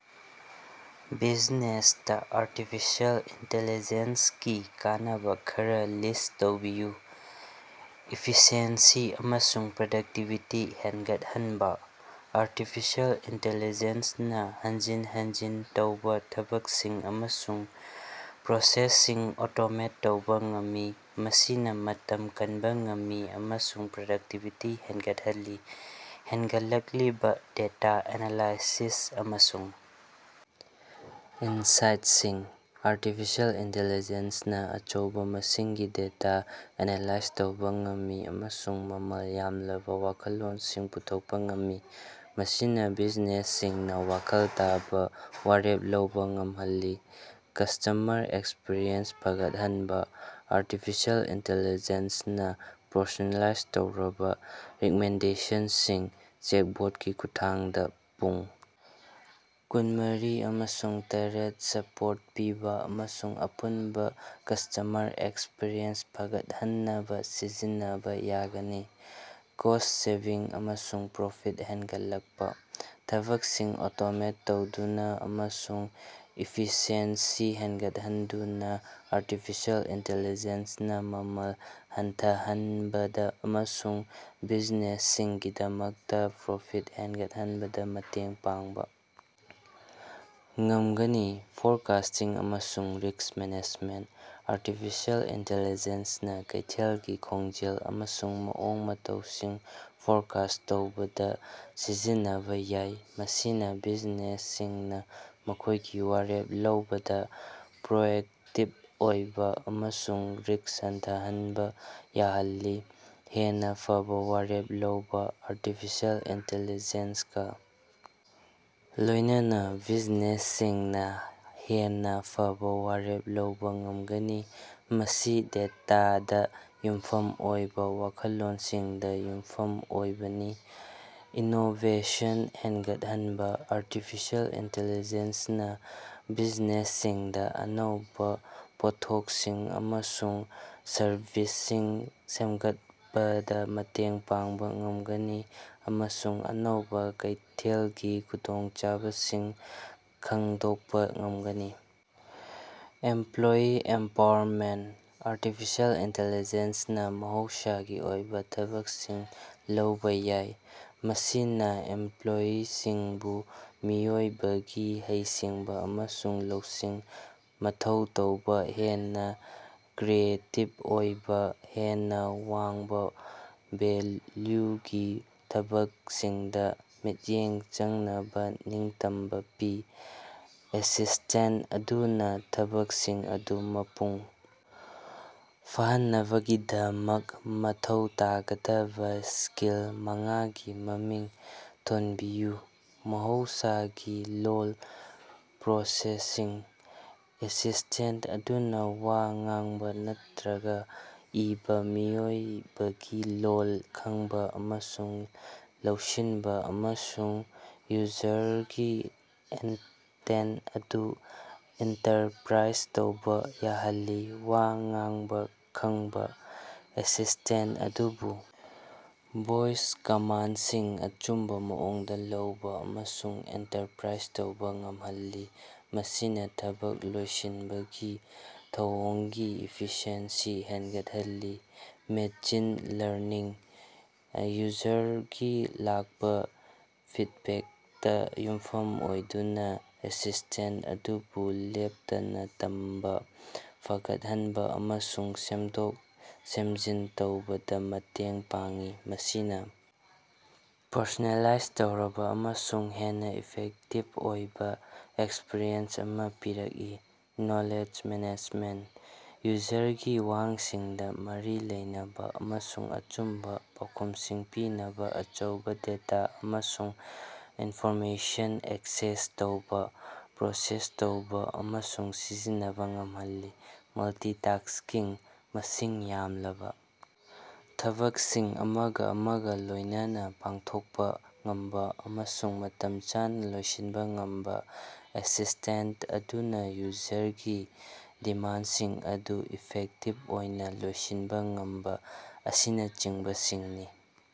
ꯕꯤꯖꯤꯅꯦꯁꯇꯥ artificial ꯏꯟꯇꯤꯂꯤꯖꯦꯟꯁꯒꯤ ꯀꯥꯟꯅꯕ ꯈꯔ ꯂꯤꯁ ꯇꯧꯕꯤꯌꯨ꯫ ꯏꯐꯤꯁꯤꯑꯦꯟꯁꯤ ꯑꯃꯁꯨꯡ ꯄ꯭ꯔꯗꯛꯇꯤꯕꯤꯇꯤ ꯍꯦꯟꯒꯠꯍꯟꯕꯥ: ꯑꯔꯇꯤꯐꯤꯁꯦꯜ ꯏꯟꯇꯤꯜꯂꯤꯖꯦꯟꯁꯅꯥ ꯍꯟꯖꯤꯟ ꯍꯟꯖꯤꯟ ꯇꯧꯕꯥ ꯊꯕꯛꯁꯤꯡ ꯑꯃꯁꯨꯡ ꯄ꯭ꯔꯣꯁꯦꯁꯁꯤꯡ ꯑꯣꯇꯣꯃꯦꯠ ꯇꯧꯕ ꯉꯝꯃꯤ, ꯃꯁꯤꯅꯥ ꯃꯇꯝ ꯀꯟꯕ ꯉꯝꯃꯤ ꯑꯃꯁꯨꯡ ꯄ꯭ꯔꯗꯛꯇꯤꯕꯤꯇꯤ ꯍꯦꯟꯒꯠꯍꯜꯂꯤ꯫ ꯍꯦꯟꯒꯠꯂꯛꯂꯤꯕ ꯗꯦꯇꯥ ꯑꯦꯅꯥꯂꯥꯏꯁꯤꯁ ꯑꯃꯁꯨꯡ ꯏꯟꯁꯥꯏꯠꯁꯤꯡ: ꯑꯔꯇꯤꯐꯤꯁꯦꯜ ꯏꯟꯇꯤꯂꯤꯖꯦꯟꯁꯅꯥ ꯑꯆꯧꯕꯥ ꯃꯁꯤꯡꯒꯤ ꯗꯦꯇꯥ ꯑꯦꯅꯂꯥꯏꯖ ꯇꯧꯕꯥ ꯉꯝꯃꯤ ꯑꯃꯁꯨꯡ ꯃꯃꯜ ꯌꯥꯝꯂꯕꯥ ꯋꯥꯈꯜꯂꯣꯟꯁꯤꯡ ꯄꯨꯊꯣꯛꯄꯥ ꯉꯝꯃꯤ, ꯃꯁꯤꯅꯥ ꯕꯤꯖꯤꯅꯦꯁꯁꯤꯡꯅꯥ ꯋꯥꯈꯜ ꯇꯥꯕꯥ ꯋꯥꯔꯦꯞ ꯂꯧꯕꯥ ꯉꯝꯍꯜꯂꯤ꯫ ꯀꯁ꯭ꯇꯃꯔ ꯑꯦꯛꯁꯄꯤꯔꯤꯑꯦꯟꯁ ꯐꯒꯠꯍꯟꯕꯥ: ꯑꯔꯇꯤꯐꯤꯁꯦꯜ ꯏꯟꯇꯤꯜꯂꯤꯖꯦꯟꯁꯅꯥ ꯄꯔꯁꯣꯅꯦꯂꯥꯏꯖ ꯇꯧꯔꯕꯥ ꯔꯤꯛꯃꯦꯟꯗꯦꯁꯟꯁꯤꯡ, ꯆꯦꯠꯕꯣꯠꯀꯤ ꯈꯨꯠꯊꯥꯡꯗꯥ ꯄꯨꯡ ꯀꯨꯟꯃꯔꯤ ꯑꯃꯁꯨꯡ ꯇꯥꯔꯦꯠ ꯁꯄꯣꯔꯠ ꯄꯤꯕꯥ ꯑꯃꯁꯨꯡ ꯑꯄꯨꯟꯕ ꯀꯁꯇꯃꯔ ꯑꯦꯛꯁꯄꯤꯔꯤꯑꯦꯟꯁ ꯐꯒꯠꯍꯟꯅꯕꯥ ꯁꯤꯖꯤꯟꯅꯕ ꯌꯥꯒꯅꯤ꯫ ꯀꯣꯁ ꯁꯦꯚꯤꯡ ꯑꯃꯁꯨꯡ ꯄ꯭ꯔꯣꯐꯤꯠ ꯍꯦꯟꯒꯠꯂꯛꯄꯥ: ꯊꯕꯛꯁꯤꯡ ꯑꯣꯇꯣꯃꯦꯠ ꯇꯧꯗꯨꯅꯥ ꯑꯃꯁꯨꯡ ꯏꯐꯤꯁꯤꯑꯦꯟꯁꯤ ꯍꯦꯟꯒꯠꯍꯟꯗꯨꯅ ꯑꯔꯇꯤꯐꯤꯁꯦꯜ ꯏꯟꯇꯤꯜꯂꯤꯖꯦꯟꯁꯅꯥ ꯃꯃꯜ ꯍꯟꯊꯍꯟꯕꯗꯥ ꯑꯃꯁꯨꯡ ꯕꯤꯖꯤꯅꯦꯁꯁꯤꯡꯒꯤꯗꯃꯛꯇ ꯄ꯭ꯔꯣꯐꯤꯠ ꯍꯦꯟꯒꯠꯍꯟꯕꯗꯥ ꯃꯇꯦꯡ ꯄꯥꯡꯕꯥ ꯉꯝꯒꯅꯤ꯫ ꯐꯣꯔꯀꯥꯁꯇꯤꯡ ꯑꯃꯁꯨꯡ ꯔꯤꯛꯁ ꯃꯦꯅꯦꯖꯃꯦꯟꯇ: ꯑꯔꯇꯤꯐꯤꯁꯦꯜ ꯏꯟꯇꯤꯜꯂꯤꯖꯦꯟꯁꯅꯥ ꯀꯩꯊꯦꯜꯒꯤ ꯈꯣꯡꯖꯦꯜ ꯑꯃꯁꯨꯡ ꯃꯑꯣꯡ ꯃꯇꯧꯁꯤꯡ ꯐꯣꯔꯀꯥꯁ ꯇꯧꯕꯗ ꯁꯤꯖꯤꯟꯅꯕꯥ ꯌꯥꯏ, ꯃꯁꯤꯅꯥ ꯕꯤꯖꯤꯅꯦꯁꯁꯤꯡꯅꯥ ꯃꯈꯣꯏꯒꯤ ꯋꯥꯔꯦꯞ ꯂꯧꯕꯗꯥ ꯄ꯭ꯔꯣꯑꯦꯛꯇꯤꯕ ꯑꯣꯏꯕꯥ ꯑꯃꯁꯨꯡ ꯔꯤꯛꯁ ꯍꯟꯊꯍꯟꯕ ꯌꯥꯍꯜꯂꯤ꯫ ꯍꯦꯟꯅꯥ ꯐꯕꯥ ꯋꯥꯔꯦꯞ ꯂꯧꯕꯥ: ꯑꯔꯇꯤꯐꯤꯁꯦꯜ ꯏꯟꯇꯤꯜꯂꯤꯖꯦꯟꯁꯒꯥ ꯂꯣꯏꯅꯅꯥ ꯕꯤꯖꯤꯅꯦꯁꯁꯤꯡꯅꯥ ꯍꯦꯟꯅꯥ ꯐꯕꯥ ꯋꯥꯔꯦꯞ ꯂꯧꯕꯥ ꯉꯝꯒꯅꯤ, ꯃꯁꯤ ꯗꯦꯇꯥꯗꯥ ꯌꯨꯝꯐꯝ ꯑꯣꯏꯕꯥ ꯋꯥꯈꯜꯂꯣꯟꯁꯤꯡꯗ ꯌꯨꯝꯐꯝ ꯑꯣꯏꯕꯅꯤ꯫ ꯏꯅꯣꯕꯦꯁꯟ ꯍꯦꯟꯒꯠꯍꯟꯕ: ꯑꯔꯇꯤꯐꯤꯁꯦꯜ ꯏꯟꯇꯤꯜꯂꯤꯖꯦꯟꯁꯅꯥ ꯕꯤꯖꯤꯅꯦꯁꯁꯤꯡꯗꯥ ꯑꯅꯧꯕꯥ ꯄꯣꯠꯊꯣꯛꯁꯤꯡ ꯑꯃꯁꯨꯡ ꯁꯔꯕꯤꯁꯁꯤꯡ ꯁꯦꯝꯒꯠꯄꯗꯥ ꯃꯇꯦꯡ ꯄꯥꯡꯕꯥ ꯉꯝꯒꯅꯤ, ꯑꯃꯁꯨꯡ ꯑꯅꯧꯕꯥ ꯀꯩꯊꯦꯜꯒꯤ ꯈꯨꯗꯣꯡꯆꯥꯕꯁꯤꯡ ꯈꯪꯗꯣꯛꯄ ꯉꯝꯒꯅꯤ꯫ ꯏꯝꯄ꯭ꯂꯣꯌꯤ ꯑꯦꯝꯄꯥꯋꯔꯃꯦꯟꯇ: ꯑꯔꯇꯤꯐꯤꯁꯦꯜ ꯏꯟꯇꯤꯜꯂꯤꯖꯦꯟꯁꯅꯥ ꯃꯍꯧꯁꯥꯒꯤ ꯑꯣꯏꯕ ꯊꯕꯛꯁꯤꯡ ꯂꯧꯕꯥ ꯌꯥꯏ, ꯃꯁꯤꯅꯥ ꯏꯝꯄ꯭ꯂꯣꯌꯤꯁꯤꯡꯕꯨ ꯃꯤꯑꯣꯏꯕꯒꯤ ꯍꯩꯁꯤꯡꯕꯥ ꯑꯃꯁꯨꯡ ꯂꯧꯁꯤꯡ ꯃꯊꯧ ꯇꯥꯕꯥ ꯍꯦꯟꯅꯥ ꯀ꯭ꯔꯤꯌꯦꯇꯤꯕ ꯑꯣꯏꯕꯥ, ꯍꯦꯟꯅꯥ ꯋꯥꯡꯕꯥ ꯚꯦꯜꯌꯨꯒꯤ ꯊꯕꯛꯁꯤꯡꯗꯥ ꯃꯤꯠꯌꯦꯡ ꯆꯪꯅꯕꯥ ꯅꯤꯡꯇꯝꯕꯥ ꯄꯤ꯫ ꯑꯦꯁꯤꯁꯇꯦꯟꯇ ꯑꯗꯨꯅꯥ ꯊꯕꯛꯁꯤꯡ ꯑꯗꯨ ꯃꯄꯨꯡ ꯐꯥꯍꯟꯅꯕꯒꯤꯗꯃꯛ ꯃꯊꯧ ꯇꯥꯒꯗꯕꯥ ꯁ꯭ꯀꯤꯜ ꯃꯉꯥꯒꯤ ꯃꯃꯤꯡ ꯊꯣꯟꯕꯤꯌꯨ꯫ ꯃꯍꯧꯁꯥꯒꯤ ꯂꯣꯜ ꯄ꯭ꯔꯣꯁꯦꯁꯤꯡ: ꯑꯦꯁꯤꯁꯇꯦꯟꯇ ꯑꯗꯨꯅꯥ ꯋꯥ ꯉꯥꯡꯕ ꯅꯠꯇ꯭ꯔꯥꯒ ꯏꯕꯥ ꯃꯤꯑꯣꯏꯕꯒꯤ ꯂꯣꯜ ꯈꯪꯕ ꯑꯃꯁꯨꯡ ꯂꯧꯁꯤꯟꯕ ꯑꯃꯁꯨꯡ ꯌꯨꯖꯔꯒꯤ ꯏꯟꯇꯦꯟ ꯑꯗꯨ ꯏꯟꯇꯔꯄ꯭ꯔꯥꯏꯖ ꯇꯧꯕꯥ ꯌꯥꯍꯜꯂꯤ꯫ ꯋꯥ ꯉꯥꯡꯕꯥ ꯈꯪꯕ: ꯑꯦꯁꯤꯁꯇꯦꯟꯇ ꯑꯗꯨꯕꯨ ꯚꯣꯏꯁ ꯀꯃꯥꯟꯗꯁꯤꯡ ꯑꯆꯨꯝꯕꯥ ꯃꯑꯣꯡꯗꯥ ꯂꯧꯕꯥ ꯑꯃꯁꯨꯡ ꯏꯟꯇꯔꯄ꯭ꯔꯥꯏꯖ ꯇꯧꯕꯥ ꯉꯝꯍꯜꯂꯤ, ꯃꯁꯤꯅꯥ ꯊꯕꯛ ꯂꯣꯏꯁꯤꯟꯕꯒꯤ ꯊꯧꯑꯣꯡꯒꯤ ꯏꯐꯤꯁꯤꯑꯦꯟꯁꯤ ꯍꯦꯟꯒꯠꯍꯜꯂꯤ꯫ ꯃꯦꯆꯤꯟ ꯂꯔꯅꯤꯡ: ꯌꯨꯖꯔꯒꯤ ꯂꯥꯛꯄ ꯐꯤꯠꯕꯦꯛꯇ ꯌꯨꯝꯐꯝ ꯑꯣꯏꯗꯨꯅꯥ ꯑꯦꯁꯤꯁꯇꯦꯟꯇ ꯑꯗꯨꯕꯨ ꯂꯦꯞꯇꯅꯥ ꯇꯝꯕꯥ, ꯐꯒꯠꯍꯟꯕ ꯑꯃꯁꯨꯡ ꯁꯦꯝꯗꯣꯛ-ꯁꯦꯝꯖꯤꯟ ꯇꯧꯕꯗꯥ ꯃꯇꯦꯡ ꯄꯥꯡꯏ, ꯃꯁꯤꯅꯥ ꯄꯔꯁꯣꯅꯦꯂꯥꯏꯖ ꯇꯧꯔꯕꯥ ꯑꯃꯁꯨꯡ ꯍꯦꯟꯅꯥ ꯏꯐꯦꯛꯇꯤꯕ ꯑꯣꯏꯕꯥ ꯑꯦꯛꯁꯄ꯭ꯔꯤꯌꯦꯟꯁ ꯑꯃꯥ ꯄꯤꯔꯛꯏ꯫ ꯅꯣꯂꯦꯖ ꯃꯦꯅꯦꯖꯃꯦꯟꯇ: ꯌꯨꯖꯔꯒꯤ ꯋꯥꯍꯪꯁꯤꯡꯗꯥ ꯃꯔꯤ ꯂꯩꯅꯕꯥ ꯑꯃꯁꯨꯡ ꯑꯆꯨꯝꯕꯥ ꯄꯥꯎꯈꯨꯝꯁꯤꯡ ꯄꯤꯅꯕꯥ ꯑꯆꯧꯕꯥ ꯗꯦꯇꯥ ꯑꯃꯁꯨꯡ ꯏꯟꯐꯣꯔꯃꯦꯁꯟ ꯑꯦꯛꯁꯦꯁ ꯇꯧꯕꯥ, ꯄ꯭ꯔꯣꯁꯦꯁ ꯇꯧꯕꯥ ꯑꯃꯁꯨꯡ ꯁꯤꯖꯤꯟꯅꯕꯥ ꯉꯝꯍꯜꯂꯤ꯫ ꯃꯜꯇꯤꯇꯥꯛꯁ꯭ꯀꯤꯡ: ꯃꯁꯤꯡ ꯌꯥꯝꯂꯕꯥ ꯊꯕꯛꯁꯤꯡ ꯑꯃꯒꯥ ꯑꯃꯒꯥ ꯂꯣꯏꯅꯅ ꯄꯥꯡꯊꯣꯛꯄꯥ ꯉꯝꯕꯥ ꯑꯃꯁꯨꯡ ꯃꯇꯝ ꯆꯥꯅꯥ ꯂꯣꯏꯁꯤꯟꯕ ꯉꯝꯕꯥ, ꯑꯦꯁꯤꯁꯇꯦꯟꯇ ꯑꯗꯨꯅꯥ ꯌꯨꯖꯔꯒꯤ ꯗꯤꯃꯥꯟꯗꯁꯤꯡ ꯑꯗꯨ ꯏꯐꯦꯛꯇꯤꯕ ꯑꯣꯏꯅꯥ ꯂꯣꯏꯁꯤꯟꯕ ꯉꯝꯕꯥ ꯑꯁꯤꯅꯆꯤꯡꯕꯁꯤꯡꯅꯤ꯫